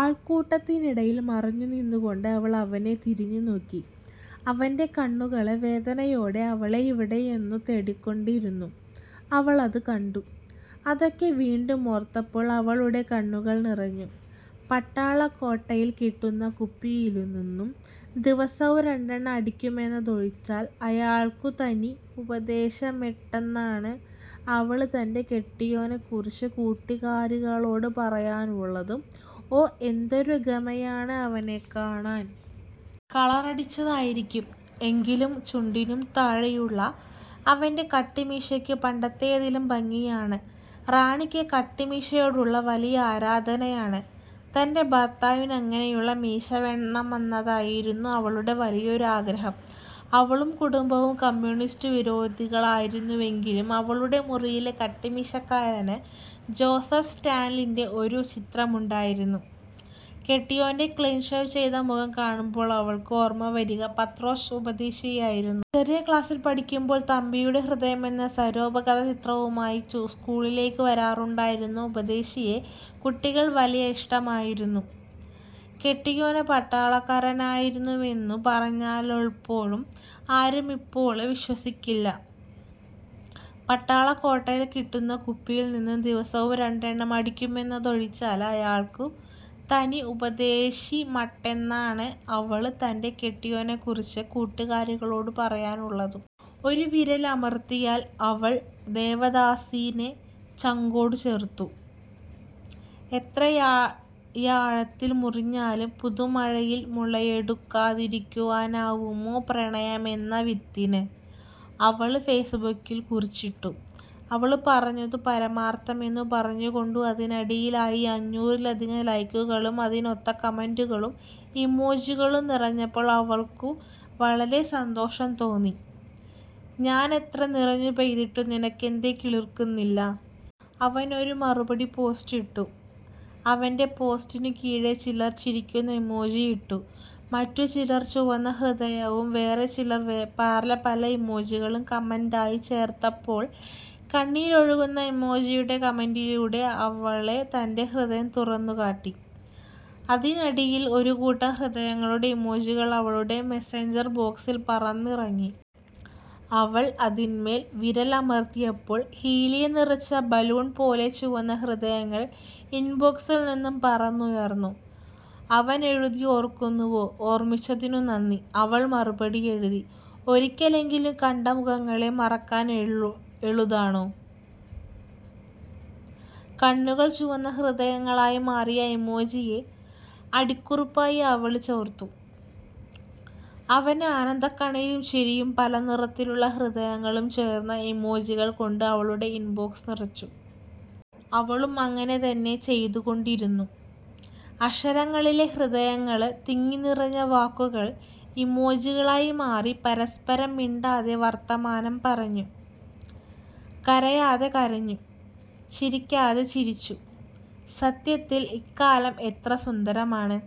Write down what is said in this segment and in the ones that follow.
ആള്ക്കൂട്ടത്തിനിടയില് മറഞ്ഞുനിന്നുകൊണ്ട് അവള് അവനെ തിരിഞ്ഞു നോക്കി. അവന്റെ കണ്ണുകള് വേദനയോടെ അവളെവിടെയെന്നു തേടിക്കൊണ്ടിരുന്നതു അവള് കണ്ടു. അതൊക്കെ വീണ്ടും ഓര്ത്തപ്പോള് അവളുടെ കണ്ണുകള് നിറഞ്ഞു. പട്ടാള ക്വോട്ടയില് കിട്ടുന്ന കുപ്പിയില്നിന്നും ദിവസവും രണ്ടെണ്ണം അടിക്കുമെന്നതൊഴിച്ചാല്, അയാള്ക്കു തനി ഉപദേശിമട്ടെന്നാണ് അവള് തന്റെ കെട്ടിയോനെകുറിച്ച് കൂട്ടുകാരികളോട് പറയാനുള്ളതും 'ഓ എന്തൊരു ഗമയാണ് അവനെക്കാണാന്. കളറടിച്ചതായിരിക്കും എങ്കിലും ചുണ്ടിനു താഴെയുള്ള അവന്റെ കട്ടിമീശക്കു പണ്ടത്തേതിലും ഭംഗിയാണ്. ' റാണിക്ക് കട്ടിമീശയോടു വലിയ ആരാധനയാണ്. തന്റെ ഭര്ത്താവിനു അങ്ങനെയുള്ള മീശവേണമെന്നതായിരുന്നു അവളുടെ വലിയൊരാഗ്രഹം. അവളും കുടുംബവും കമ്മ്യൂണിസ്റ്റു വിരോധികളായിരുന്നുവെങ്കിലും അവളുടെ മുറിയില് കട്ടിമീശക്കാരന് ജോസഫ് സ്റ്റാലിന്റെ ഒരു ചിത്രമുണ്ടായിരുന്നു. കെട്ടിയോന്റെ ക്ലീന്ഷേവ് ചെയ്ത മുഖം കാണുമ്പോള് അവള്ക്കു ഓര്മ്മവരിക പത്രോസ് ഉപദേശിയെയായിരുന്നു. ചെറിയ ക്ലാസ്സില് പഠിക്കുമ്പോള് 'തമ്പിയുടെ ഹൃദയം' എന്ന സാരോപദേശ ചിത്രകഥയുമായി സ്കൂളിലൊക്കെ വരാറുണ്ടായിരുന്ന ഉപദേശിയെ കുട്ടികള്ക്ക് വലിയ ഇഷ്ട്ടമായിരുന്നു. കെട്ടിയോന് പട്ടാളക്കാരനായിരുന്നുവെന്നു പറഞ്ഞാല്പോലും ആരുമിപ്പോള് വിശ്വസിക്കില്ല. പട്ടാള ക്വോട്ടയില് കിട്ടുന്ന കുപ്പിയില്നിന്നും ദിവസവും രണ്ടെണ്ണം അടിക്കുമെന്നതൊഴിച്ചാല്, അയാള്ക്കു തനി ഉപദേശിമട്ടെന്നാണ് അവള് തന്റെ കെട്ടിയോനെകുറിച്ച് കൂട്ടുകാരികളോട് പറയാനുള്ളതും. ഒരു വിരല് അമര്ത്തലില് അവള് ദേവദാസിനെ ചങ്കോടുചേര്ത്തു. 'എത്രയാഴത്തില് മൂടിയാലും പുതുമഴയില് മുളയെടുക്കാതിരിക്കാനാവുമോ പ്രണയമെന്ന വിത്തിന്' അവള് ഫേസ് ബുക്കില് കുറിച്ചിട്ടു. അവള് പറഞ്ഞതു പരമാര്ത്ഥമെന്നു പറഞ്ഞുകൊണ്ട് അതിനടിയിലായി അഞ്ഞൂറിലധികം ലൈക്കുകളും അതിനൊത്ത കമന്റുകളും ഇമോജികളും നിറഞ്ഞപ്പോള് അവള്ക്കു വളരെ സന്തോഷം തോന്നി. 'ഞാനെത്ര നിറഞ്ഞുപെയ്തിട്ടും നിനക്കെന്തേ കുളിര്ന്നില്ല? ' അവനൊരു മറുപടി പോസ്റ്റിട്ടു. അവന്റെ പോസ്റ്റിനു കീഴെ ചിലര് ചിരിക്കുന്ന ഇമോജിയിട്ടു. മറ്റുചിലര് ചുവന്ന ഹൃദയവും വേറെചിലര് വേറെ പലപല ഇമോജികളും കമന്റായി ചേര്ത്തപ്പോള് കണ്ണീരൊഴുക്കുന്ന ഇമോജിയുടെ കമന്റിലൂടെ അവള് തന്റെ ഹൃദയം തുറന്നു കാട്ടി. അതിനിടയില് ഒരുകൂട്ടം ഹൃദയങ്ങളുടെ ഇമോജികള് അവളുടെ മെസഞ്ചര് ബോക്സില് പറന്നിറങ്ങി. അവള് അതിന്മേല് വിരലമര്ത്തിയപ്പോള് ഹീലിയം നിറച്ച ബലൂണ്പോലെ ചുവന്ന ഹൃദയങ്ങള് ഇന്ബോക്സില് നിന്നും പറന്നുയര്ന്നു. അവന് എഴുതി 'ഓര്ക്കുന്നുവോ!. ഓര്മ്മിച്ചതിനു നന്ദി' അവള് മറുപടിയെഴുതി; 'ഒരിക്കലെങ്കിലും കണ്ട മുഖങ്ങളെ മറക്കാന് എളുതാണോ? ' കണ്ണുകള് ചുവന്ന ഹൃദയങ്ങളായിമാറിയ ഇമോജിയെ അടിക്കുറിപ്പായി അവള് ചേര്ത്തു. അവന് ആനന്ദക്കണ്ണീരും ചിരിയും പലനിറത്തിലുള്ള ഹൃദയങ്ങളും ചേര്ന്ന ഇമോജികള് കൊണ്ട് അവളുടെ ഇന്ബോക്സ് നിറച്ചു. അവളും അങ്ങനെ തന്നെ ചെയ്തുകൊണ്ടിരുന്നു. അക്ഷരങ്ങളില്ലാതെ ഹൃദയങ്ങളില് തിങ്ങിനിറഞ്ഞ വാക്കുകള് ഇമോജികളായിമാറി പരസ്പരം മിണ്ടാതെ വര്ത്താനംപറഞ്ഞു, കരയാതെ കരഞ്ഞു. ചിരിക്കാതെ ചിരിച്ചു. 'സത്യത്തില് ഇക്കാലം എത്രസുന്ദരമാണ്.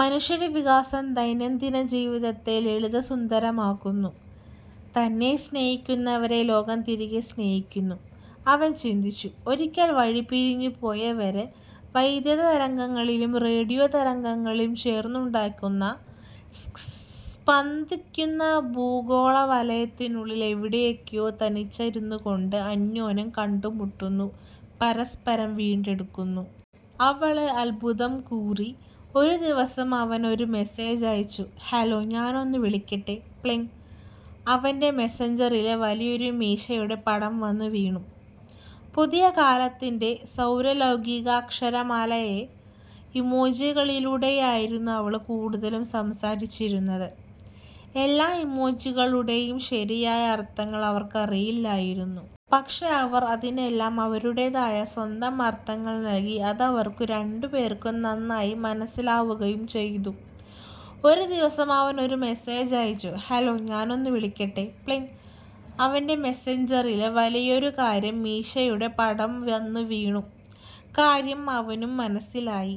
മനുഷ്യന്റെ വികാസം ദൈനംദിനജീവിതത്തെ ലളിതസുന്ദരമാക്കുന്നു. തന്നെ സ്നേഹിക്കുന്നവരെ ലോകം തിരികെ സ്നേഹിക്കുന്നു. ' അവന് ചിന്തിച്ചു. 'ഒരിക്കല് വഴിപിരിഞ്ഞുപോയവര് വൈദ്യതതരംഗങ്ങളും റേഡിയോ തരംഗങ്ങളും ചേര്ന്നുണ്ടാക്കിയ സ്പന്ദിക്കുന്ന ഭൂഗോളവലയത്തിനുള്ളില് എവിടെയൊക്കയോ തനിച്ചിരുന്നുകൊണ്ട് അന്യോന്യം കണ്ടുമുട്ടുന്നു, പരസ്പരം വീണ്ടെടുക്കുന്നു!. ' അവള് അത്ഭുതംകൂറി. ഒരു ദിവസം അവന് ഒരു മെസ്സേജ് അയച്ചു. 'ഹലോ ഞാനൊന്നു വിളിക്കട്ടെ? ' 'പ്ലിംഗ്' അവന്റെ മെസഞ്ചറില് വലിയൊരു മീശയുടെ പടം വന്നു വീണു. പുതിയ കാലത്തിന്റെ സാര്വലൌകീക അക്ഷരമാലയായ ഇമോജികളിലൂടെയായിരുന്നു അവള് കൂടുതലും സംസാരിച്ചിരുന്നത്. എല്ലാ ഇമോജികളുടെയും ശരിയായ അര്ത്ഥങ്ങള് അവര്ക്കറിയില്ലായിരുന്നു. പക്ഷേ അവര്, അതിനെല്ലാം അവരുടേതായ സ്വന്തം അര്ത്ഥങ്ങള് നല്കി. അതവര്ക്കു രണ്ടുപേര്ക്കും നന്നായി മനസ്സിലാവുകയും ചെയ്തു. ഒരു ദിവസം അവന് ഒരു മെസ്സേജ് അയച്ചു. 'ഹലോ ഞാനൊന്നു വിളിക്കട്ടെ? ' 'പ്ലിംഗ്' അവന്റെ മെസഞ്ചറില് വലിയൊരു മീശയുടെ പടം വന്നു വീണു. കാര്യം അവനും മനസ്സിലായി.